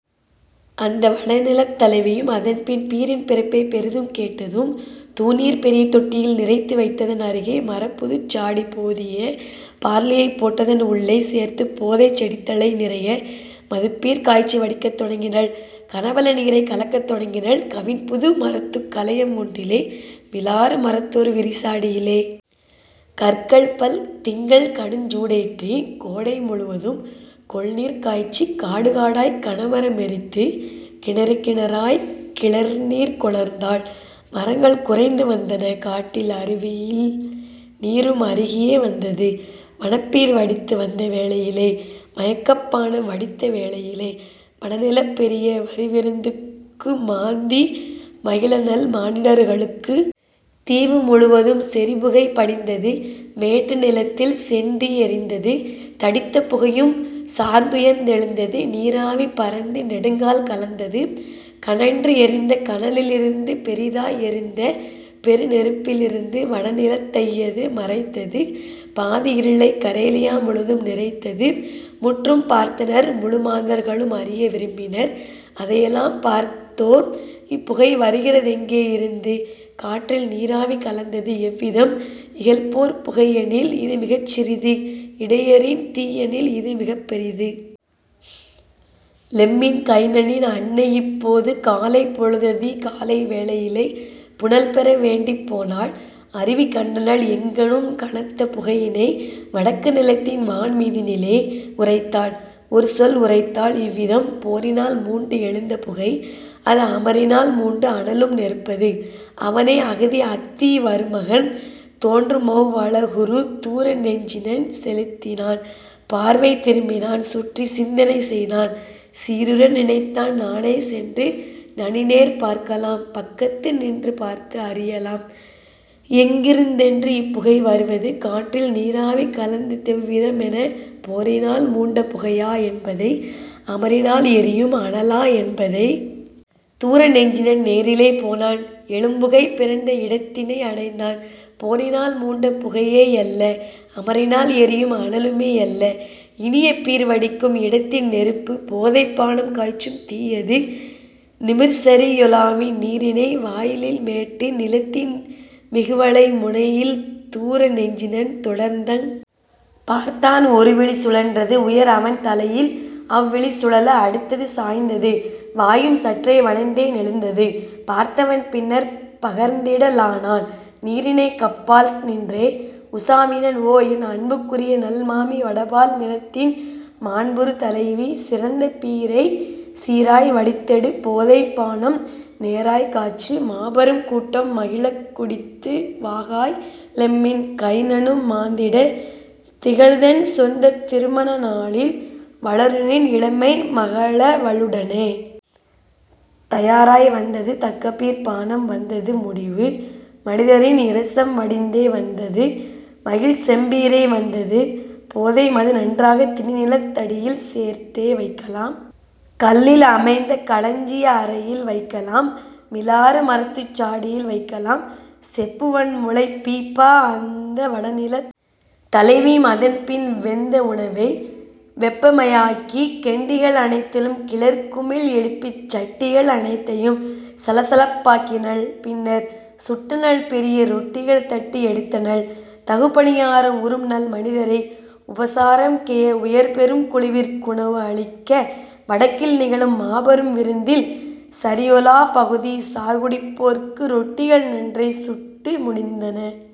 அந்த வடநிலத் தலைவியும் அதன்பின் பீரின் பிறப்பைப் பெரிதும் கேட்டதும் தூநீர் பெரிய தொட்டியில் நிறைத்து வைத்ததன் அருகே மரப்புதுச் சாடி போதிய பார்லியைப் போட்டதன் உள்ளே சேர்த்துப் போதைச் செடித்தழை நிறைய மதுப்பீர் காய்ச்சி வடிக்கத் தொடங்கினள் கனபல நீரைக் கலக்கத் தொடங்கினள் கவின்புது மரத்துக் கலயம் ஒன்றிலே மிலாறு மரத்தொரு விரிசாடியிலே. கற்கள்பல் திங்கள் கடுஞ்சூ டேற்றி கோடை முழுவதும் கொள்நீர் காய்ச்சி காடு காடாய்க் கனமர மெரித்து கிணறு கிணறாய் கிளர்நீர் கொணர்ந்தாள் மரங்கள் குறைந்து வந்தன காட்டில் அருவியில் நீரும் அருகியே வந்தது வனப்பீர் வடித்து வந்தவேளையிலே மயக்கப் பானம் வடித்தவேளையிலே வடநிலப் பெரிய வருவிருந்துக்கு மாந்தி மகிழநல் மானிடர்களுக்கு. தீவு முழுவதும் செறிபுகை படிந்தது மேட்டு நிலத்தில் செந்தீ எரிந்தது தடித்த புகையும் சார்ந்துயர்ந்தெழுந்தது நீராவி பரந்து நெடுங்கால் கலந்தது கனன்று எரிந்த கனலிலிருந்து பெரிதாய் எரிந்த பெருநெருப்பிலிருந்து வடநிலத் தையது மறைத்தது பாதி இருளைக் கரேலியா முழுதும் நிறைத்தது. முற்றும் பார்த்தனர் முழுமாந்தர்களும் அறிய விரும்பினர் அதையெலாம் பார்த்தோர் இப்புகை வருகிறதெங்கே யிருந்து காற்றில்நீராவி கலந்தது எவ்விதம் இகல்போர்ப் புகையெனில் இதுமிகச் சிறிது இடையரின் தீயெனில் இதுமிகப் பெரிது. லெம்மின் கைனனின் அன்னையிப்போது காலைப் பொழுததி காலைவேளையிலே புனல்பெற வேண்டிப் போனாள் அருவி கண்டனள் எங்கணும் கனத்த புகையினை வடக்கு நிலத்தின் வான்மீதினிலே உரைத்தாள் ஒருசொல் உரைத்தாள் இவ்விதம் போரினால் மூண்டு எழுந்த புகைஅது அமரினால் மூண்டு அனலும் நெருப்பது. அவனே அஹ்தி அத்தீ வருமகன் தோன்றுமவ் வழகுறு தூர நெஞ்சினன் செலுத்தினான் பார்வை திரும்பினான் சுற்றி சிந்தனை செய்தான் சீருற நினைத்தான் நானே சென்று நனிநேர் பார்க்கலாம் பக்கத்து நின்று பார்த்து அறியலாம் எங்கிருதென்று இப்புகை வருவது காற்றில்நீராவி கலந்ததெவ் விதமென போரினால் மூண்ட புகையா என்பதை அமரினால் எரியும் அனலா என்பதை. தூர நெஞ்சினன் நேரிலே போனான் எழும்புகை பிறந்த இடத்தினை அடைந்தான் போரினால் மூண்ட புகையே யல்ல அமரினால் எரியும் அனலுமே யல்ல இனியபீர் வடிக்கும் இடத்தின் நெருப்பு போதைப்பானம் காய்ச்சும் தீயது நிமிர்சரியொலாவின் நீரிணை வாயிலில் மேட்டு நிலத்தின் மிகுவளை முனையில். தூர நெஞ்சினன் தொடர்தங் பார்த்தான் ஒருவிழி சுழன்றது உயர்அவன் தலையில் அவ்விழி சுழல அடுத்தது சாய்ந்தது வாயும் சற்றே வளைந்தே நெளிந்தது பார்த்தவன் பின்னர் பகர்ந்திட லானான் நீரிணைக் கப்பால் நின்றே உசாவினன் ஓ என் அன்புக்குரியநல் மாமி வடபால் நிலத்தின் மாண்புறு தலைவி சிறந்த பீரைச் சீராய் வடித்தெடு போதைப்பானம் நேராய்க் காய்ச்சு மாபெரும் கூட்டம் மகிழக் குடித்து வாகாய் லெம்மின் கைனனும் மாந்திட திகழ்தன் சொந்தத் திருமண நாளில் வளருநின் இளமை மகளவளுடனே. தயாராய் வந்தது தக்கபீர்ப் பானம் வந்தது முடிவு மனிதரின் இரசம் வடிந்தே வந்தது மகிழ்செம் பீரே வந்தது போதை மதுநன்றாக திணிநிலத் தடியில் சேர்த்தே வைக்கலாம் கல்லில் அமைந்த களஞ்சிய அறையில் வைக்கலாம் மிலாறு மரத்துச் சாடியில் வைக்கலாம் செப்பு வன்முளைப் பீப்பா. அந்த வடநிலத் தலைவியும் அதன்பின் வெந்த உணவை வெப்பமயாக்கி கெண்டிகள் அனைத்திலும் கிளர் குமிழ் எழுப்பி சட்டிகள் அனைத்தையும் சலசலப்பாக்கினள் பின்னர் சுட்டனள் பெரிய ரொட்டிகள் தட்டி எடுத்தனள் தகுபணியாரம் உறும்நல் மனிதரை உபசாரம்கெய உயர்பெரும் குழுவிற் குணவு அளிக்க வடக்கில் நிகழும் மாபெரும் விருந்தில் சரியொலாப் பகுதி சார்குடிப்போர்க்கு ரொட்டிகள் நன்றே சுட்டு முடிந்தன